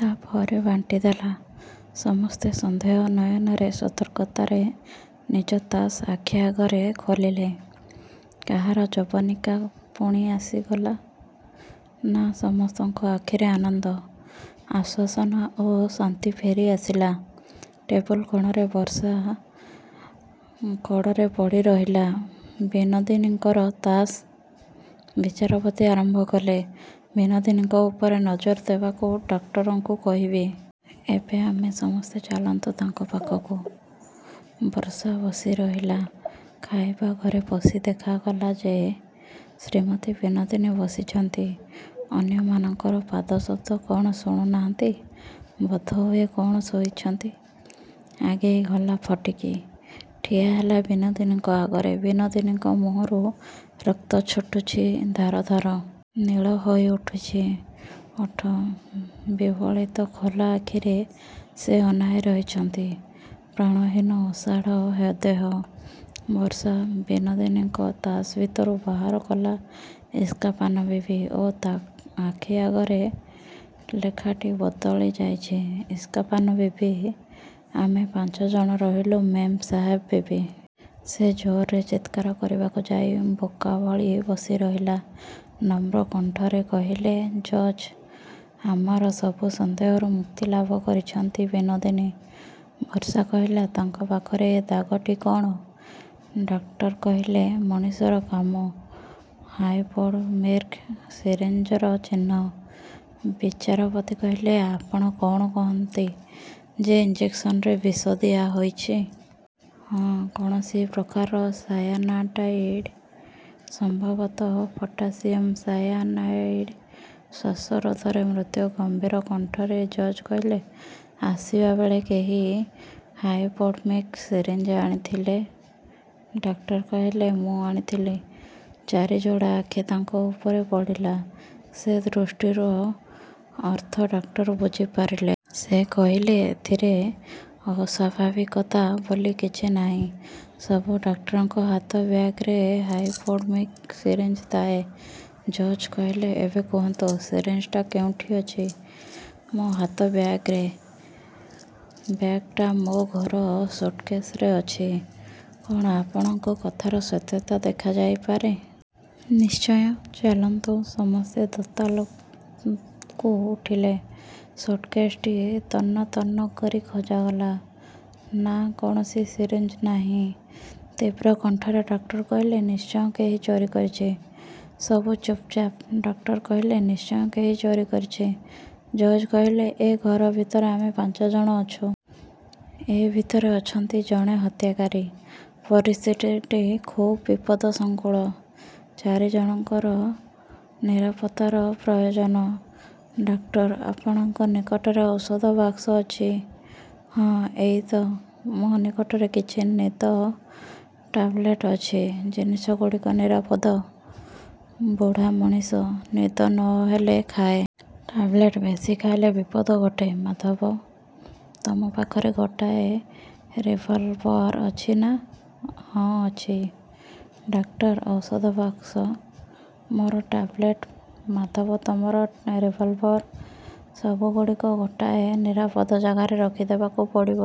ତା ପରେ ବାଣ୍ଟିଦେଲା। ସମସ୍ତେ ସନ୍ଦେହ ନୟନରେ ସତର୍କତାରେ ନିଜ ତାସ୍ ଆଖି ଆଗରେ ଖୋଲିଲେ। କାହାର ଯବନିକା ପୁଣି ଆସିଗଲା? ନା, ସମସ୍ତଙ୍କ ଆଖିରେ ଆନନ୍ଦ, ଆଶ୍ୱାସନା ଓ ଶାନ୍ତି ଫେରିଆସିଲା। ଟେବୁଲ କୋଣରେ ବର୍ଷା କଡ଼ରେ ପଡ଼ିରହିଲା ବିନୋଦିନୀଙ୍କର ତାସ୍। ବିଚାରପତି ଆରମ୍ଭ କଲେ, ବିନୋଦିନୀଙ୍କ ଉପରେ ନଜର ଦେବାକୁ ଡକ୍ଟରଙ୍କୁ କହିବି। ଏବେ ଆମେ ସମସ୍ତେ ଚାଲନ୍ତୁ ତାଙ୍କ ପାଖକୁ। ବର୍ଷା ବସିରହିଲା। ଖାଇବା ଘରେ ପଶି ଦେଖାଗଲା ଯେ ଶ୍ରୀମତୀ ବିନୋଦିନୀ ବସିଛନ୍ତି। ଅନ୍ୟମାନଙ୍କର ପାଦଶବ୍ଦ କ'ଣ ଶୁଣୁନାହାନ୍ତି? ବୋଧହୁଏ କ'ଣ ଶୋଇଛନ୍ତି? ଆଗେଇଗଲା ଫଟିକ୍। ଠିଆହେଲା ବିନୋଦିନୀଙ୍କ ଆଗରେ। ବିନୋଦିନୀଙ୍କ ମୁହଁରୁ ରକ୍ତ ଛୁଟିଛି ଧାର ଧାର। ନୀଳ ହୋଇଉଠିଛି ଓଠ। ବିହ୍ଵଳିତ ଖୋଲା ଆଖିରେ ସେ ଅନାଇ ରହିଛନ୍ତି। ପ୍ରାଣହୀନ ଅସାଡ଼ ଦେହ। ବର୍ଷା ବିନୋଦିନୀଙ୍କ ତାସ୍ ଭିତରୁ ବାହାର କଲା ଇସ୍କାପାନ ବିବି ଓ ତା ଆଖି ଆଗରେ ଲେଖାଟି ବଦଳିଯାଇଛି, ଇସ୍କାପାନ ବିବି, ଆମେ ପାଞ୍ଚ ଜଣ ରହିଲୁ ମେମ୍ ସାହେବ ବିବି। ସେ ଜୋରରେ ଚିତ୍କାର କରିବାକୁ ଯାଇ ବୋକାଭଳି ବସିରହିଲା। ନମ୍ର କଣ୍ଠରେ କହିଲେ ଜଜ୍, ଆମର ସବୁ ସନ୍ଦେହରୁ ମୁକ୍ତି ଲାଭ କରିଛନ୍ତି ବିନୋଦିନୀ। ବର୍ଷା କହିଲା, ତାଙ୍କ ପାଖରେ ଏ ଦାଗଟି କ'ଣ? ଡାକ୍ତର କହିଲେ, ମଣିଷର କାମ। ହାଇପୋଡର୍ମିକ ସିରିଞ୍ଜର ଚିହ୍ନ। ବିଚାରପତି କହିଲେ, ଆପଣ କ'ଣ କହନ୍ତି ଯେ ଇଞ୍ଜେକ୍ସନରେ ବିଷ ଦିଆହୋଇଛି? ହଁ, କୌଣସି ପ୍ରକାରର ସାୟାନାଡ଼ାଇଡ୍। ସମ୍ଭବତଃ ପଟାସିୟମ୍ ସାୟାନାଇଡ୍। ଶ୍ଵାସରୋଧରେ ମୃତ୍ୟୁ। ଗମ୍ଭୀର କଣ୍ଠରେ ଜଜ୍ କହିଲେ, ଆସିବା ବେଳେ କେହି ହାଇପୋଡର୍ମିକ ସିରିଞ୍ଜ ଆଣିଥିଲେ? ଡାକ୍ତର କହିଲେ, ମୁଁ ଆଣିଥିଲି। ଚାରି ଯୋଡ଼ା ଆଖି ତାଙ୍କ ଉପରେ ପଡ଼ିଲା। ସେ ଦୃଷ୍ଟିର ଅର୍ଥ ଡାକ୍ତର ବୁଝିପାରିଲେ। ସେ କହିଲେ, ଏଥିରେ ଅସ୍ଵାଭାବିକତା ବୋଲି କିଛି ନାହିଁ। ସବୁ ଡାକ୍ତରଙ୍କ ହାତ ବ୍ୟାଗରେ ହାଇପୋଡର୍ମିକ ସିରିଞ୍ଜ ଥାଏ। ଜଜ୍ କହିଲେ, ଏବେ କହନ୍ତୁ ସିରିଞ୍ଜଟା କେଉଁଠି ଅଛି? ମୋ ହାତ ବ୍ୟାଗରେ। ବ୍ୟାଗ ଟା ମୋ ଘର ସୁଟକେସରେ ଅଛି। କ'ଣ ଆପଣଙ୍କ କଥାର ସତ୍ୟତା ଦେଖାଯାଇପାରେ? ନିଶ୍ଚୟ। ଚାଲନ୍ତୁ। ସମସ୍ତେ ଦୋତାଲାକୁ ଉଠିଲେ। ସୁଟକେସ ଟି ତନ୍ନ ତନ୍ନ କରି ଖୋଜାଗଲା। ନା, କୌଣସି ସିରିଞ୍ଜ ନାହିଁ। ତୀବ୍ର କଣ୍ଠରେ ଡକ୍ଟର କହିଲେ, ନିଶ୍ଚୟ କେହି ଚୋରି କରିଛି। ସବୁ ଚୁପଚାପ। ଡକ୍ଟର କହିଲେ, ନିଶ୍ଚୟ କେହି ଚୋରି କରିଛି! ଜଜ୍ କହିଲେ, ଏ ଘର ଭିତରେ ଆମେ ପାଞ୍ଚ ଜଣ ଅଛୁ। ଏ ଭିତରେ ଅଛନ୍ତି ଜଣେ ହତ୍ୟାକାରୀ। ପରିସ୍ଥିତିଟି ଖୁବ୍ ବିପଦସଂକୁଳ। ଚାରି ଜଣଙ୍କର ନିରାପତ୍ତାର ପ୍ରୟୋଜନ। ଡାକ୍ତର, ଆପଣଙ୍କ ନିକଟରେ ଔଷଧ ବାକ୍ସ ଅଛି। ହଁ, ଏଇ ତ। ମୋ ନିକଟରେ କିଛି ନିଦ ଟାବଲେଟ୍ ଅଛି। ଜିନିଷଗୁଡ଼ିକ ନିରାପଦ। ବୁଢ଼ା ମଣିଷ। ନିଦ ନ ହେଲେ ଖାଏ। ଟାବଲେଟ୍ ବେଶି ଖାଇଲେ ବିପଦ ଘଟେ। ମାଧବ, ତମ ପାଖରେ ଗୋଟାଏ ରିଭଲଭର ଅଛି ନା? ହଁ, ଅଛି। ଡାକ୍ଟର ଙ୍କ ଔଷଧ ବାକ୍ସ, ମୋର ଟାବଲେଟ୍, ମାଧବ ତମର ରିଭଲଭର, ସବୁଗୁଡ଼ିକ ଗୋଟାଏ ନିରାପଦ ଜାଗାରେ ରଖିଦେବାକୁ ପଡ଼ିବ।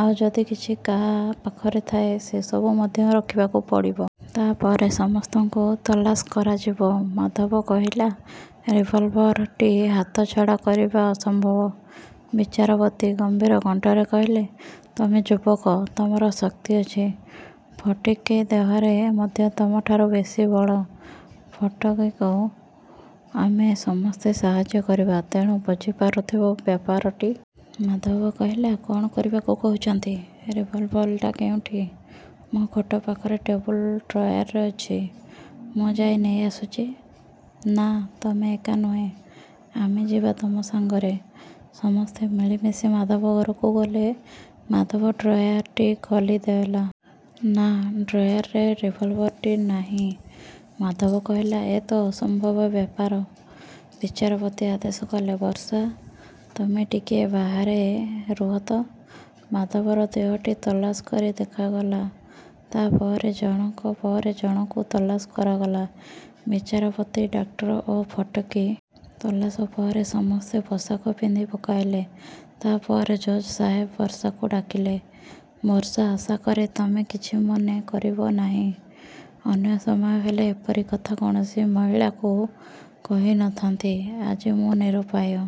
ଆଉ ଯଦି କିଛି କାହା ପାଖରେ ଥାଏ ସେସବୁ ମଧ୍ୟ ରଖିବାକୁ ପଡ଼ିବ। ତା ପରେ ସମସ୍ତଙ୍କୁ ତଲାସ କରାଯିବ। ମାଧବ କହିଲା, ରିଭଲଭର ଟି ହାତଛଡ଼ା କରିବା ଅସମ୍ଭବ। ବିଚାରପତି ଗମ୍ଭୀର କଣ୍ଠରେ କହିଲେ, ତମେ ଯୁବକ, ତମର ଶକ୍ତି ଅଛି। ଫଟିକ୍ ଦେହରେ ମଧ୍ୟ ତମଠାରୁ ବେଶି ବଳ। ଫଟିକକୁ ଆମେ ସମସ୍ତେ ସାହାଯ୍ୟ କରିବା। ତେଣୁ ବୁଝିପାରୁଥିବ ବ୍ୟାପାରଟି। ମାଧବ କହିଲା, କ'ଣ କରିବାକୁ କହୁଛନ୍ତି? ରିଭଲଭର ଟା କେଉଁଠି? ମୋ ଖଟ ପାଖରେ ଟେବୁଲ ଡ୍ରୟାରରେ ଅଛି। ମୁଁ ଯାଇ ନେଇଆସୁଛି। ନା, ତମେ ଏକା ନୁହେଁ, ଆମେ ଯିବା ତମ ସାଙ୍ଗରେ। ସମସ୍ତେ ମିଳିମିଶି ମାଧବ ଘରକୁ ଗଲେ। ମାଧବ ଡ୍ରୟାର ଟି ଖୋଲିଦେଲା। ନା, ଡ୍ରୟାରରେ ରିଭଲଭର ଟି ନାହିଁ! ମାଧବ କହିଲା, ଏ ତ ଅସମ୍ଭବ ବ୍ୟାପାର! ବିଚାରପତି ଆଦେଶ କଲେ, ବର୍ଷା, ତମେ ଟିକିଏ ବାହାରେ ରୁହ ତ। ମାଧବର ଦେହଟି ତଲାସ କରି ଦେଖାଗଲା। ତା ପରେ ଜଣକ ପରେ ଜଣକୁ ତଲାସ କରାଗଲା, ବିଚାରପତି, ଡାକ୍ତର ଓ ଫଟିକ୍। ତଲାସ ପରେ ସମସ୍ତେ ପୋଷାକ ପିନ୍ଧି ପକାଇଲେ। ତା ପରେ ଜଜ୍ ସାହେବ ବର୍ଷାକୁ ଡାକିଲେ, ବର୍ଷା, ଆଶା କରେ ତମେ କିଛି ମନେ କରିବ ନାହିଁ। ଅନ୍ୟ ସମୟ ହେଲେ ଏପରି କଥା କୌଣସି ମହିଳାକୁ କହି ନ ଥାନ୍ତି। ଆଜି ମୁଁ ନିରୁପାୟ।